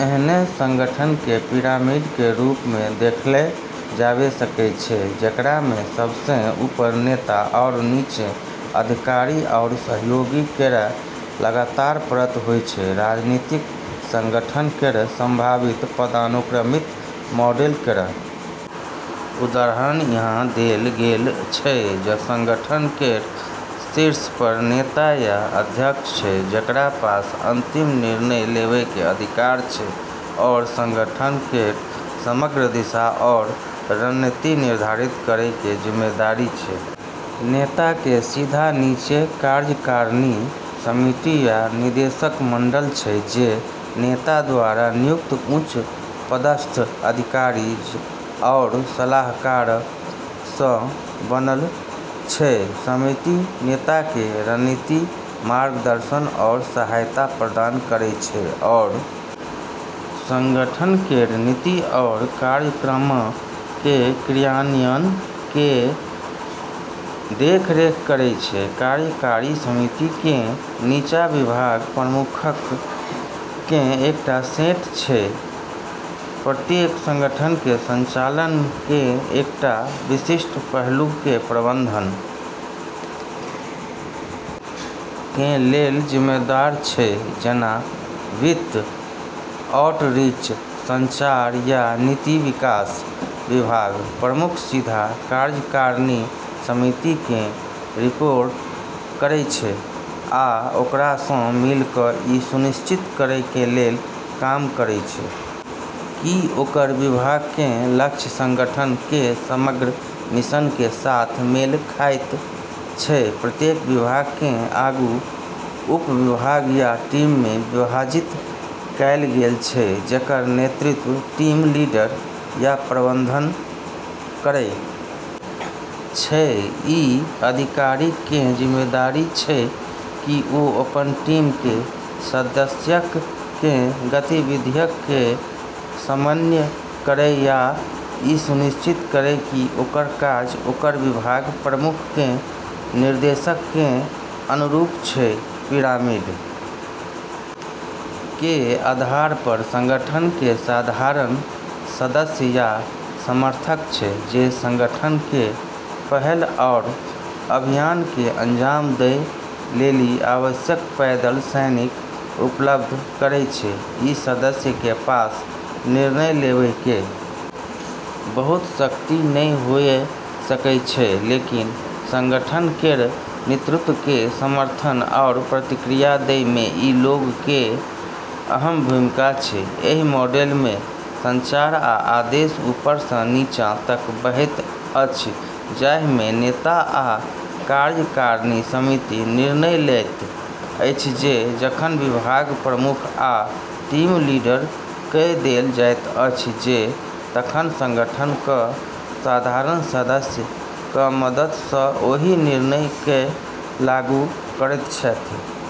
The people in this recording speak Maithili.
ऐन्हऽ संगठन के पिरामिड के रूप मे देखलऽ जाबे सकै छै जेकरा मे सबसें ऊपर नेता आरू नीचें अधिकारी आरू सहयोगी केरऽ लगातार परत होय छै, राजनीतिक संगठन केरऽ संभावित पदानुक्रमित मॉडल केरऽ उदाहरण यहाँ देलऽ गेलऽ छै, संगठन केरऽ शीर्ष पर नेता या अध्यक्ष छै जेकरा पास अंतिम निर्णय लेबै के अधिकार छै आरू संगठन केरऽ समग्र दिशा आरू रणनीति निर्धारित करै के जिम्मेदारी छै, नेता के सीधा नीचे कार्यकारिणी समिति या निदेशक मंडल छै जे नेता द्वारा नियुक्त उच्च पदस्थ अधिकारी आरू सलाहकारऽ स बनलऽ छै, समिति नेता के रणनीतिक मार्गदर्शन आरू सहायता प्रदान करै छै आरू संगठन केरऽ नीति आरू कार्यक्रमऽ के क्रियान्वयन के देख रेख करै छै, कार्यकारी समिति कें नीचा विभाग प्रमुखक कें एकटा सेट छै जे प्रत्येक संगठन कें संचालन कें एकटा विशिष्ट पहलू कें प्रबंधन कें लेल जिम्मेदार छै जेना वित्त, आउटरीच, संचार या नीति विकास विभाग प्रमुख सीधा कार्यकारिणी समिति कें रिपोर्ट करय छै आ ओकरा सं मिल क इ सुनिश्चित करय कें लेल काम करय छै कि ओकर विभाग कें लक्ष्य संगठन कें समग्र मिशन कें साथ मेल खायत छै, प्रत्येक विभाग कें आगू उपविभाग या टीम मे विभाजित कैल गेल छै जेकर नेतृत्व टीम लीडर या प्रबंधक करय छै, इ अधिकारीक कें जिम्मेदारी छै कि ओ अपन टीम कें सदस्यक कें गतिविधियक कें समन्वय करय आ इ सुनिश्चित करय कि ओकर काज ओकर विभाग प्रमुख कें निर्देशक कें अनुरूप छै, पिरामिड के आधार पर संगठन के साधारण सदस्य या समर्थक छै जे संगठन के पहल आरू अभियान के अंजाम दै लेली आवश्यक पैदल सैनिक उपलब्ध करै छै, ई सदस्यऽ के पास निर्णय लेबै के बहुत शक्ति नै हुए सकै छै, लेकिन संगठन केरऽ नेतृत्व के समर्थन आरू प्रतिक्रिया दै मे ई लोगऽ के अहम भूमिका छै, एहि मॉडल मे संचार आ आदेश ऊपर स नीचा तक बहैत अछि जाहि मे नेता आ कार्यकारिणी समिति निर्णय लैत अछि जे तखन विभाग प्रमुख आ टीम लीडर कए देल जाइत अछि जे तखन संगठन क साधारण सदस्य क मदद स ओहि निर्णय कए लागू करैत छथि।